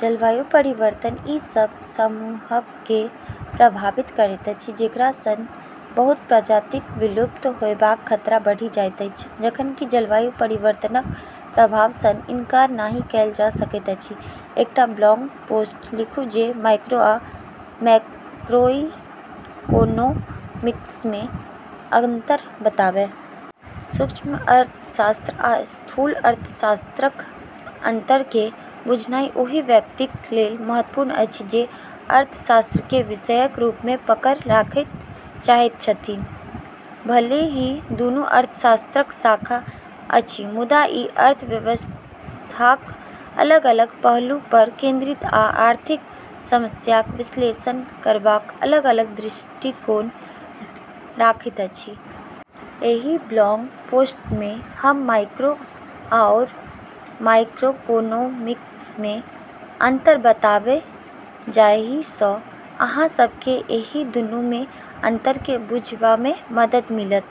जलवायु परिवर्तन ई सभ समूहकेँ प्रभावित करैत अछि, जेकरा सँ बहुत प्रजातिक विलुप्त होयबाक खतरा बढ़ि जाइत अछि। जखन कि जलवायु परिवर्तनक प्रभाव सँ इनकार नहि कएल जा सकैत अछि। एकटा ब्लॉग पोस्ट लिखू जे माइक्रो आ मैक्रोइकोनॉमिक्समे अंतर बताबय। सूक्ष्म अर्थशास्त्र आ स्थूल अर्थशास्त्रक अंतरकेँ बुझनाइ ओहि व्यक्तिक लेल महत्वपूर्ण अछि जे अर्थशास्त्रकेँ विषयक रूपमे पकड़ राखय चाहैत छथि। भले ही दुनू अर्थशास्त्रक शाखा अछि, मुदा ई अर्थव्यवस्थाक अलग-अलग पहलू पर केंद्रित अछि आ आर्थिक समस्याक विश्लेषण करबाक अलग-अलग दृष्टिकोण राखैत अछि। एहि ब्लॉग पोस्टमे हम माइक्रो आओर मैक्रोइकोनॉमिक्समे अंतर बताएब जाहि सँ अहाँ सभकेँ एहि दुनूमे अंतरकेँ बुझबामे मदद मिलत।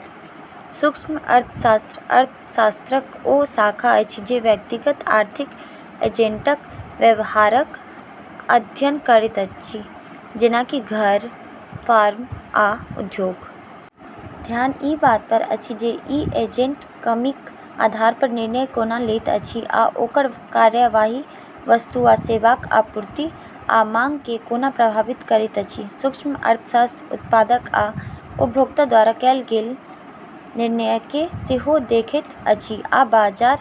सूक्ष्म अर्थशास्त्र अर्थशास्त्रक ओ शाखा अछि जे व्यक्तिगत आर्थिक एजेंटक व्यवहारक अध्ययन करैत अछि, जेना कि घर, फर्म, आ उद्योग। ध्यान ई बात पर अछि जे ई एजेंट कमीक आधार पर निर्णय कोना लेत अछि आ ओकर कार्यवाही वस्तु आ सेवाक आपूर्ति आ माँगकेँ कोना प्रभावित करैत अछि। सूक्ष्म अर्थशास्त्र उत्पादक आ उपभोक्ता द्वारा कएल गेल निर्णयकेँ सेहो देखैत अछि, आ बाजार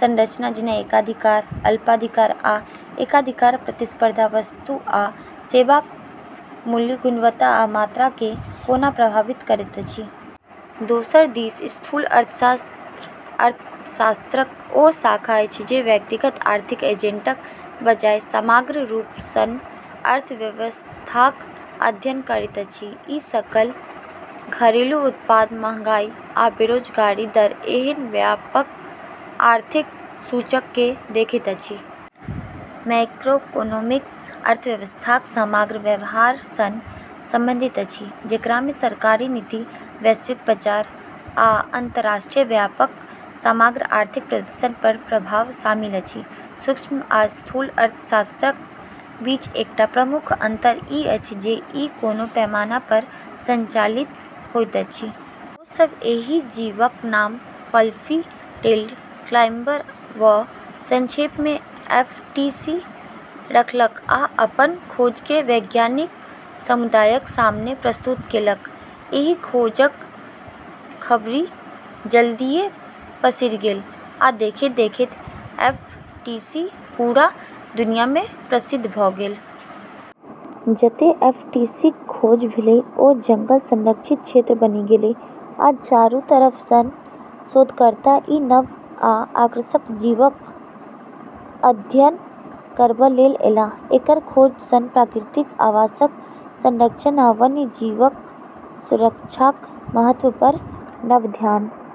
संरचना जेना एकाधिकार, अल्पाधिकार, आ एकाधिकार प्रतिस्पर्धा वस्तु आ सेवाक मूल्य, गुणवत्ता आ मात्राकेँ कोना प्रभावित करैत अछि। दोसर दिस स्थूल अर्थशास्त्र अर्थशास्त्रक ओ शाखा अछि जे व्यक्तिगत आर्थिक एजेंटक बजाय समग्र रूप सँ अर्थव्यवस्थाक अध्ययन करैत अछि। ई सकल घरेलू उत्पाद, मँहगाई, आ बेरोजगारी दर एहन व्यापक आर्थिक सूचककेँ देखैत अछि। मैक्रोइकोनॉमिक्स अर्थव्यवस्थाक समग्र व्यवहार सँ संबंधित अछि, जेकरामे सरकारी नीति, वैश्विक बाजार, आ अंतर्राष्ट्रीय व्यापारक समग्र आर्थिक प्रदर्शन पर प्रभाव शामिल अछि। सूक्ष्म आ स्थूल अर्थशास्त्रक बीच एकटा प्रमुख अंतर ई अछि जे ई कोन पैमाना पर संचालित होइत अछि। ओ सभ एहि जीवक नाम "फ्लफी टेल्ड क्लाइम्बर" वा संक्षेपमे एफटीसी रखलक आ अपन खोजकेँ वैज्ञानिक समुदायक सामने प्रस्तुत केलक। एहि खोजक खबरि जल्दीए पसरि गेल, आ देखैत-देखैत एफटीसी पूरा दुनियामे प्रसिद्ध भ’ गेल। जतै एफटीसीक खोज भेलै, ओ जंगल संरक्षित क्षेत्र बनि गेलै, आ चारू तरफ सँ शोधकर्ता ई नव आ आकर्षक जीवक अध्ययन करबा लेल एलाह। एकर खोज सँ प्राकृतिक आवासक संरक्षण आ वन्यजीवक सुरक्षाक महत्व पर नव ध्यान।